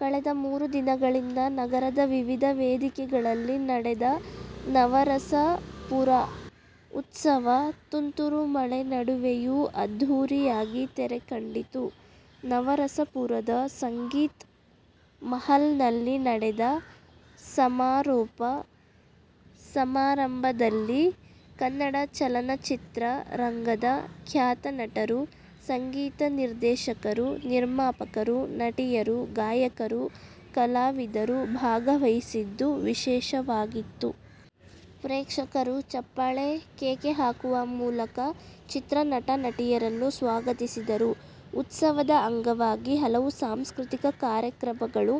ಕಳೆದ ಮೂರು ದಿನಗಳಿಂದ ನಗರದ ವಿವಿಧ ವೇದಿಕೆಗಳಲ್ಲಿ ನಡೆದ ನವರಸಪುರ ಉತ್ಸವ ತುಂತುರು ಮಳೆ ನಡುವೆಯೂ ಅದ್ಧೂರಿ ಯಾಗಿ ತೆರೆಕಂಡಿತು. ನವರಸಪುರದ ಸಂಗೀತ್ ಮಹಲ್ನಲ್ಲಿ ನಡೆದ ಸಮಾರೋಪ ಸಮಾರಂಭದಲ್ಲಿ ಕನ್ನಡ ಚಲನಚಿತ್ರ ರಂಗದ ಖ್ಯಾತ ನಟರು, ಸಂಗೀತ ನಿರ್ದೇಶಕರು, ನಿರ್ಮಾಪಕರು, ನಟಿಯರು, ಗಾಯಕರು, ಕಲಾವಿ ದರು ಭಾಗವಹಿಸಿದ್ದು ವಿಶೇಷವಾಗಿತ್ತು. ಪ್ರೇಕ್ಷಕರು ಚಪ್ಪಾಳೆ, ಕೇಕೆ ಹಾಕುವ ಮೂಲಕ ಚಿತ್ರನಟ ನಟಿಯರನ್ನು ಸ್ವಾಗತಿಸಿದರು. ಉತ್ಸವದ ಅಂಗವಾಗಿ ಹಲವು ಸಾಂಸ್ಕೃತಿಕ ಕಾರ್ಯಕ್ರಮಗಳು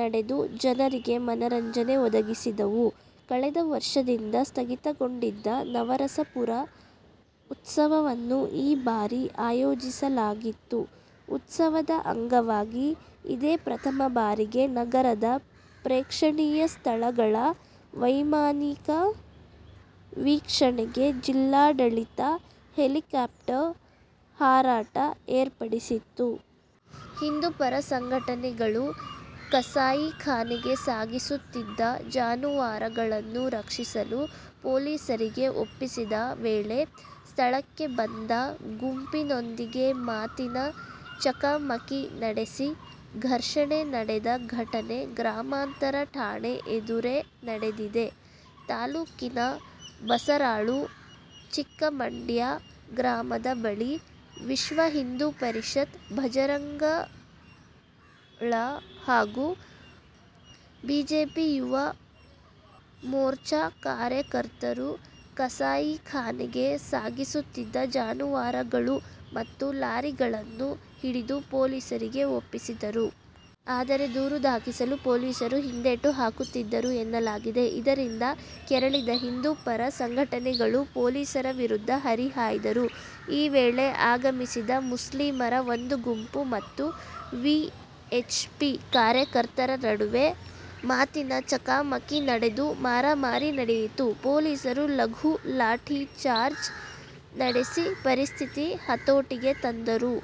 ನಡೆದು, ಜನರಿಗೆ ಮನರಂಜನೆ ಒದಗಿಸಿದವು. ಕಳೆದ ವರ್ಷದಿಂದ ಸ್ಥಗಿತಗೊಂಡಿದ್ದ ನವರಸಪುರ ಉತ್ಸವವನ್ನು ಈ ಬಾರಿ ಆಯೋಜಿಸಲಾಗಿತ್ತು. ಉತ್ಸವದ ಅಂಗವಾಗಿ ಇದೇ ಪ್ರಥಮ ಬಾರಿಗೆ ನಗರದ ಪ್ರೇಕ್ಷಣೀಯ ಸ್ಥಳಗಳ ವೈಮಾನಿಕ ವೀಕ್ಷಣೆಗೆ ಜಿಲ್ಲಾಡಳಿತ ಹೆಲಿಕಾಪ್ಟರ್ ಹಾರಾಟ ಏರ್ಪಡಿಸಿತ್ತು. ಹಿಂದು ಪರ ಸಂಘಟನೆಗಳು ಕಸಾಯಿಖಾನೆಗೆ ಸಾಗಿಸುತ್ತಿದ್ದ ಜಾನುವಾರುಗಳನ್ನು ರಕ್ಷಿಸಿ ಪೊಲೀಸರಿಗೆ ಒಪ್ಪಿಸಿದ ವೇಳೆ ಸ್ಥಳಕ್ಕೆ ಬಂದ ಗುಂಪಿನೊಂದಿಗೆ ಮಾತಿನ ಚಕಮಕಿ ನಡೆಸಿ ಘರ್ಷಣೆ ನಡೆದ ಘಟನೆ ಗ್ರಾಮಾಂತರ ಠಾಣೆ ಎದುರೇ ನಡೆದಿದೆ. ತಾಲೂಕಿನ ಬಸರಾಳು, ಚಿಕ್ಕಮಂಡ್ಯ ಗ್ರಾಮದ ಬಳಿ ವಿಶ್ವಹಿಂದು ಪರಿಷತ್, ಭಜರಂಗಳ ಹಾಗೂ ಬಿಜೆಪಿ ಯುವ ಮೋರ್ಚಾ ಕಾರ್ಯಕರ್ತರು ಕಸಾಯಿಖಾನೆಗೆ ಸಾಗಿಸುತ್ತಿದ್ದ ಜಾನುವಾರುಗಳು ಮತ್ತು ಲಾರಿಗಳನ್ನು ಹಿಡಿದು ಪೊಲೀಸರಿಗೆ ಒಪ್ಪಿಸಿದರು. ಆದರೆ ದೂರು ದಾಖಲಿಸಲು ಪೊಲೀಸರು ಹಿಂದೇಟು ಹಾಕುತ್ತಿದ್ದರು ಎನ್ನಲಾಗಿದೆ. ಇದರಿಂದ ಕೆರಳಿದ ಹಿಂದು ಪರ ಸಂಘಟನೆಗಳು ಪೊಲೀಸರ ವಿರುದ್ಧ ಹರಿಹಾಯ್ದರು. ಈ ವೇಳೆ ಆಗಮಿಸಿದ ಮುಸ್ಲಿಮರ ಒಂದು ಗುಂಪು ಮತ್ತು ವಿಎಚ್ಪಿ ಕಾರ್ಯಕರ್ತರ ನಡುವೆ ಮಾತಿನ ಚಕಮಕಿ ನಡೆದು, ಮಾರಾಮಾರಿ ನಡೆಯಿತು. ಪೊಲೀಸರು ಲಘು ಲಾಠಿ ಚಾರ್ಜ್ ನಡೆಸಿ ಪರಿಸ್ಥಿತಿ ಹತೋಟಿಗೆ ತಂದರು.